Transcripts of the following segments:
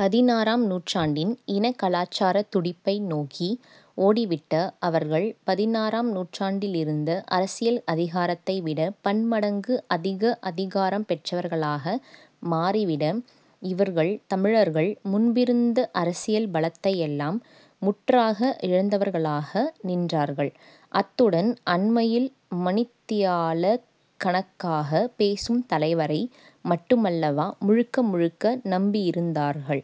பதினாறாம் நூற்றாண்டின் இன கலாச்சாரத் துடிப்பை நோக்கி ஓடிவிட்ட அவர்கள் பதினாறாம் நூற்றாண்டிலிருந்த அரசியல் அதிகாரத்தை விட பன்மடங்கு அதிக அதிகாரம் பெற்றவர்களாக மாறிவிட இவர்கள், தமிழர்கள் முன்பிருந்த அரசியல் பலத்தையெல்லாம் முற்றாக இழந்தவர்களாக நின்றார்கள். அத்துடன் அண்மையில் மணித்தியாலக் கணக்காகப் பேசும் தலைவரை மட்டுமல்லவா முழுக்க முழுக்க நம்பியிருந்தார்கள்?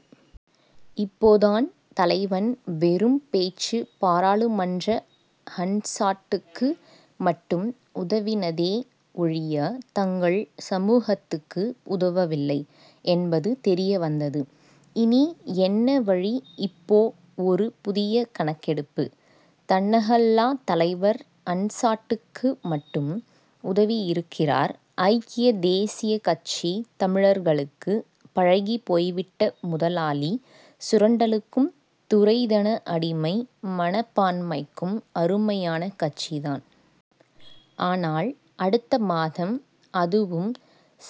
இப்போதான் தலைவன் வெறும் பேச்சு பாராளுமன்ற 'ஹன்சாட்'டுக்கு மட்டும் உதவினதே ஒழிய தங்கள் சமூகத்துக்கு உதவவில்லை என்பது தெரிய வந்தது. இனி என்ன வழி இப்போ ஒரு புதிய கணக்கெடுப்பு. தன்னகல்லாத் தலைவர் ஹன்சாட்டுக்கு மட்டும் உதவியிருக்கிறார். ஐக்கிய தேசியக் கட்சி, தமிழர்களுக்குப் பழகிப்போய்விட்ட முதலாளி சுரண்டலுக்கும் துரைத்தன அடிமை மனப்பான்மைக்கும் அருமையான கட்சிதான். ஆனால், அடுத்த மாதம் அதுவும்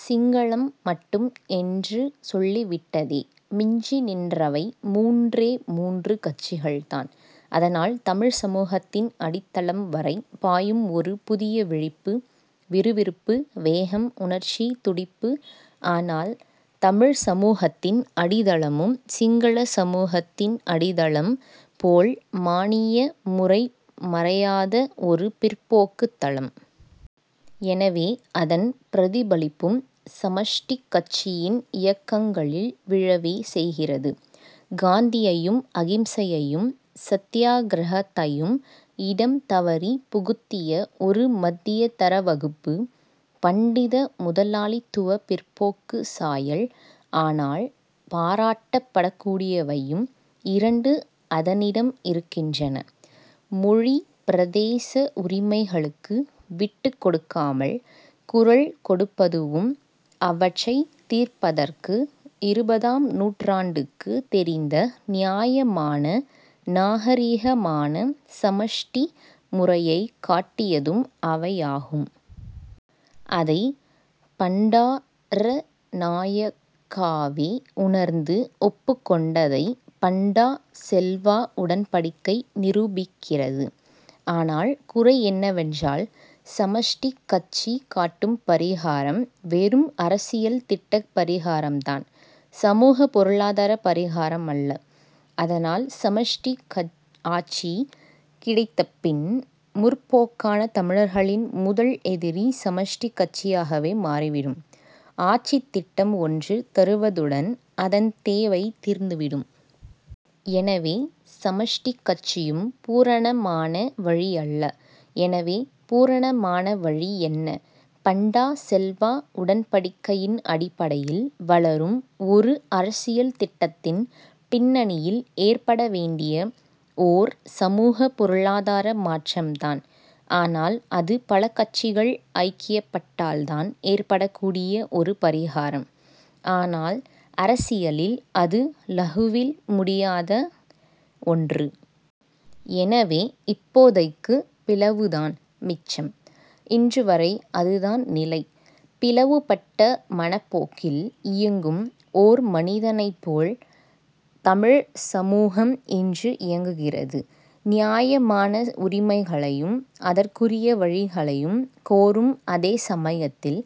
சிங்களம் மட்டும் என்று சொல்லிவிட்டதே! மிஞ்சி நின்றவை மூன்றே மூன்று கட்சிகள்தான் அதனால் தமிழ்ச் சமூகத்தின் அடித்தளம்வரை பாயும் ஒரு புதிய விழிப்பு, விறுவிறுப்பு, வேகம், உணர்ச்சித் துடிப்பு. ஆனால், தமிழ்ச் சமூகத்தின் அடித்தளமும் சிங்களச் சமூகத்தின் அடித்தளம் போல் மானியமுறை மறையாத ஒரு பிற்போக்குத் தளம். எனவே அதன் பிரதிபலிப்பும் சமஷ்டிக் கட்சியின் இயக்கங்களில் விழவே செய்கிறது. காந்தியையும் அகிம்சையையும் சத்தியாக்கிரகத்தையும் இடம் தவறிப் புகுத்திய ஒரு மத்தியதர வகுப்பு, பண்டித முதலாளித்துவப் பிற்போக்குச் சாயல். ஆனால், பாராட்டப்படக்கூடியவையும் இரண்டு அதனிடம் இருக்கின்றன. மொழி பிரதேச உரிமைகளுக்கு விட்டுக்கொடுக்காமல் குரல் கொடுப்பதுவும் அவற்றைத் தீர்ப்பதற்கு இருபதாம் நூற்றாண்டுக்குத் தெரிந்த நியாயமான, நாகரிகமான சமஷ்டி முறையைக் காட்டியதும் அவையாகும். அதை பண்டாரநாயக்காவே உணர்ந்து ஒப்புக்கொண்டதை பண்டா-செல்வா உடன்படிக்கை நிரூபிக்கிறது. ஆனால் குறை என்னவென்றால் சமஷ்டிக் கட்சி காட்டும் பரிகாரம் வெறும் அரசியல் திட்டப் பரிகாரம்தான். சமூகப் பொருளாதாரப் பரிகாரமல்ல. அதனால் சமஷ்டி ஆட்சி கிடைத்தபின் முற்போக்கான தமிழர்களின் முதல் எதிரி சமஷ்டிக் கட்சியாகவே மாறிவிடும். ஆட்சித் திட்டம் ஒன்று தருவதுடன் அதன் தேவை தீர்ந்துவிடும். எனவே சமஷ்டிக் கட்சியும் பூரணமான வழி அல்ல. எனவே பூரணமான வழி என்ன? பண்டா-செல்வா உடன்படிக்கையின் அடிப்படையில் வளரும் ஒரு அரசியல் திட்டத்தின் பின்னணியில் ஏற்படவேண்டிய ஓர் சமூகப் பொருளாதார மாற்றம்தான். ஆனால் அது பல கட்சிகள் ஐக்கியப்பட்டால்தான் ஏற்படக்கூடிய ஒரு பரிகாரம். ஆனால் அரசியலில் அது லகுவில் முடியாத ஒன்று. எனவே, இப்போதைக்குப் பிளவுதான் மிச்சம். இன்றுவரை அதுதான் நிலை. பிளவுபட்ட மனப்போக்கில் இயங்கும் ஓர் மனிதனைப்போல் தமிழ்ச் சமூகம் இன்று இயங்குகிறது. நியாயமான உரிமைகளையும் அதற்குரிய வழிகளையும் கோரும் அதே சமயத்தில்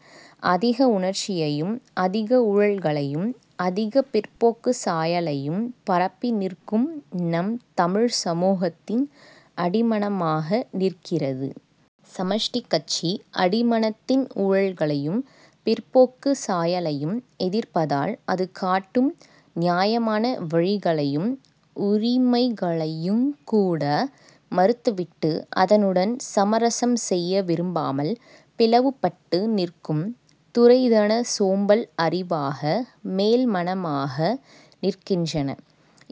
அதிக உணர்ச்சியையும் அதிக ஊழல்களையும் அதிகப் பிற்போக்குச் சாயலையும் பரப்பி நிற்கும் நம் தமிழ்ச் சமூகத்தின் அடிமனமாக நிற்கிறது. சமஷ்டிக் கட்சி. அடிமனத்தின் ஊழல்களையும் பிற்போக்குச் சாயலையும் எதிர்ப்பதால் அது காட்டும் நியாயமான வழிகளையும் உரிமைகளையுங் கூட மறுத்துவிட்டு அதனுடன் சமரசம் செய்ய விரும்பாமல் பிளவுபட்டு நிற்கும் துரைத்தனச் சோம்பல் அறிவாக, மேல்மனமாக நிற்கின்றன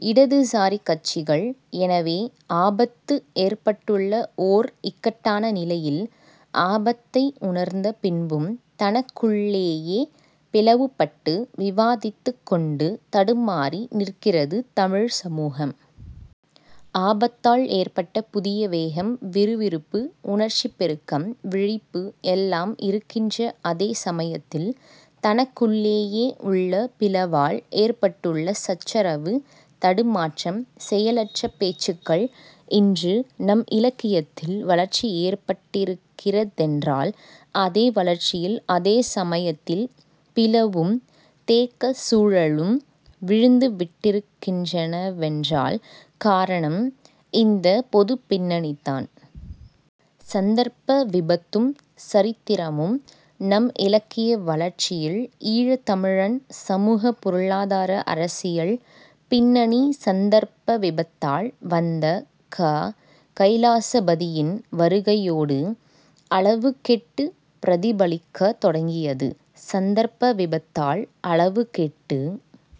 இடதுசாரிக் கட்சிகள். எனவே ஆபத்து ஏற்பட்டுள்ள ஓர் இக்கட்டான நிலையில் ஆபத்தை உணர்ந்த பின்பும் தனக்குள்ளேயே பிளவுபட்டு விவாதித்துக்கொண்டு தடுமாறி நிற்கிறது தமிழ்ச் சமூகம். ஆபத்தால் ஏற்பட்ட புதிய வேகம், விறுவிறுப்பு, உணர்ச்சிப் பெருக்கம், விழிப்பு எல்லாம் இருக்கின்ற அதே சமயத்தில் தனக்குள்ளேயே உள்ள பிளவால் ஏற்பட்டுள்ள சச்சரவு, தடுமாற்றம், செயலற்ற பேச்சுக்கள். இன்று நம் இலக்கியத்தில் வளர்ச்சி ஏற்பட்டிருக்கிறதென்றால், அதே வளர்ச்சியில் அதே சமயத்தில் பிளவும் தேக்கச் சூழலும் விழுந்துவிட்டிருக்கின்றனவென்றால் காரணம் இந்தப் பொதுப் பின்னணிதான். சந்தர்ப்ப விபத்தும் சரித்திரமும் நம் இலக்கிய வளர்ச்சியில் ஈழத் தமிழன் சமூகப் பொருளாதார அரசியல் பின்னணி சந்தர்ப்ப விபத்தால் வந்த க. கைலாசபதியின் வருகையோடு அளவு கெட்டுப் பிரதிபலிக்கத் தொடங்கியது. சந்தர்ப்ப விபத்தால் அளவு கெட்டு